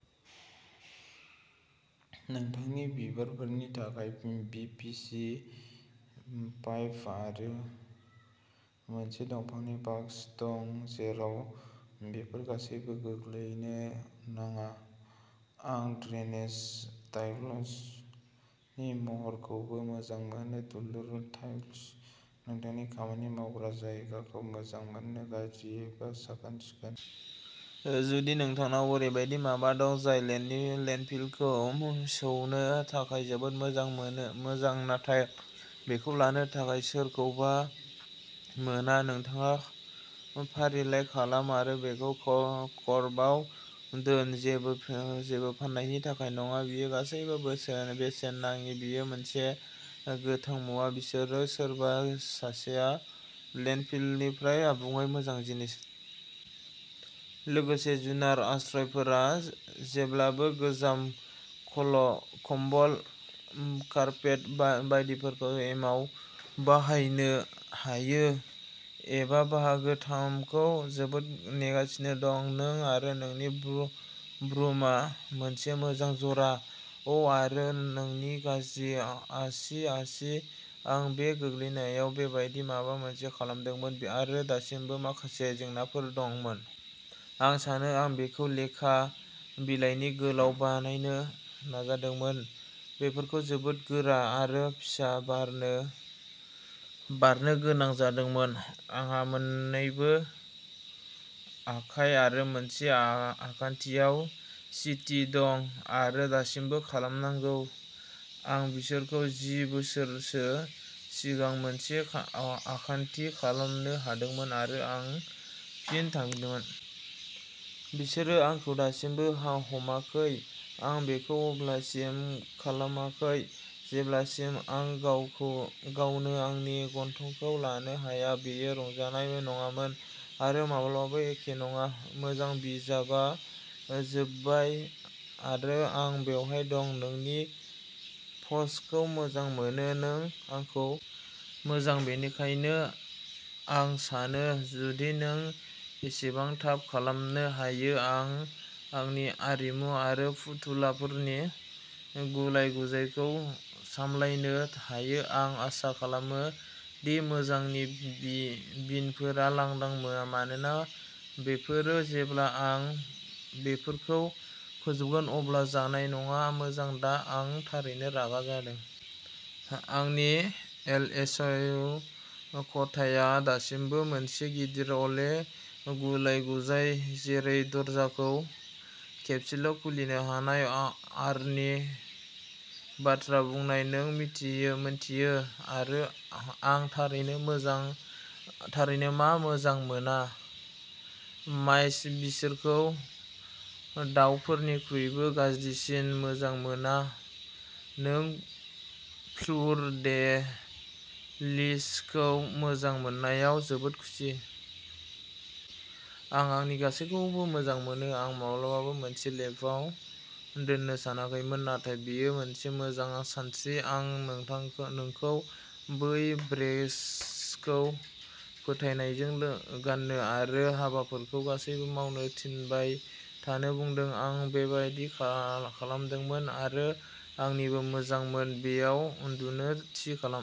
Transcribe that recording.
नोंथांनि बिबारफोरनि थाखाय पि भि सि पाइप आरो मोनसे दंफांनि बक्स दं, जेराव बेफोर गासैबो गोग्लैनो नाङा। आं ड्रेनेज टाइल्सनि महरखौबो मोजां मोनो दुलुर टाइल्स! नोंथांनि खामानि मावग्रा जायगाखौ मोजां मोनो, गाज्रि एबा साखोन सिखोन। जुदि नोंथांनाव ओरैबायदि माबा दं जाय लेन्डफिलखौ सौनो थाखाय जोबोद मोजां, नाथाय बेखौ लानो थाखाय सोरखौबा मोना नोंथाङा फारिलाइ खालाम आरो बेखौ कर्बआव दोन। जेबो फाननायनि थाखाय नङा बेयो गासैबो बेसेन नाङि। बेयो मोनसे गोथां मुवा, बिसोरो सोरबा सासेआ लेन्डफिलनिफ्राय आबुङै मोजां जिनिसफोरखौ दोननो जागायदोंमोन जाहाथे बेफोर जोबोद गोख्रै आबुं जाया। लोगोसे जुनार आश्रयफोरा जेब्लाबो गोजाम कम्बल, कार्पेट बायदिफोरखौ एमाव बाहायनो हायो। आं बाहागो थामखौ जोबोद नेगासिनो दं। नों आरो नोंनि ब्रुमआ मोनसे मोजां जरा! अ' आरो नोंनि गाज्रि आसि-आसि! आं बे गोग्लैनायाव बेबादि माबा मोनसे खालामदोंमोन आरो दासिमबो माखासे जेंनाफोर दंमोन। आं सानो आं बेखौ लेखा बिलाइनि गलाब बानायनो नाजादोंमोन, बेफोरखौ जोबोद गोरा आरो फिसा बारनो गोनां जादोंमोन। आंहा मोन्नैबो आखाइ आरो मोनसे आखान्थिआव सि टि दं आरो दासिमबो खालामनांगौ। आं बिसोरखौ जि बोसोरसो सिगां मोनसे आखान्थि खालामनो होदोंमोन आरो आं फिन थांफिननांदोंमोन आरो गुबुन मोनसे आरो मोन्नैबो आखाइखौ खालामनांगौमोन। बिसोरो आंखौ दासिमबो हमाखै। आं बेखौ अब्लासिम खालामाखै जेब्लासिम आं गावनो आंनि गन्थंखौ लानो हाया। बेयो रंजानाय नङामोन आरो माब्लाबाबो एखे नङा। मोजां, बिजाबआ जोबबाय आरो आं बेवहाय दं। नोंनि पस्टखौ मोजां मोनो, नों आंखौ क्र्याक खालाम! मोजां, बेनिखायनो आं सानो जुदि नों एसेबां थाब खालामनो हायो, आं आंनि आरिमु आरो फुथुलाफोरनि गुलाय-गुजायखौ सामलायनो हायो आं आसा खालामो दि मोजांनि बिनफोरा लांदां मानोना बेफोरो जेब्ला आं बेफोरखौ फोजोबगोन अब्ला जानाय नङा मोजां, दा आं थारैनो रागा जोंदों। आंनि एलएसइउ खथाया दासिमबो मोनसे गिदिर अले गुलाय-गुजाय। जेरै दरजाखौ खेबसेल' खुलिनो हानाय। आरनि बाथ्रा बुंनायाव, नों मिन्थियो आं थारैनो मा मोजां मोना? माइस! बिसोरखौ दावफोरनिख्रुइबो गाज्रिसिन मोजां मोना। नों फ्लुर दे लिसखौ मोजां मोननायाव जोबोद खुसि। आं आंनि गासैबोखौ मोजां मोनो! आं माब्लाबाबो मोनसे लेम्पआव दोननो सानाखैमोन नाथाय बेयो मोनसे मोजां सानस्रि। आं नोंखौ बै ब्रेसखौ फोथायनायजों गान्नो आरो हाबफोरखौ गासैबो मावनो थिनबाय थानो बुंदों। आं बेबादि खालामदोंमोन आरो आंनिबो मोजांमोन। बेयाव उन्दुनो थि खालाम!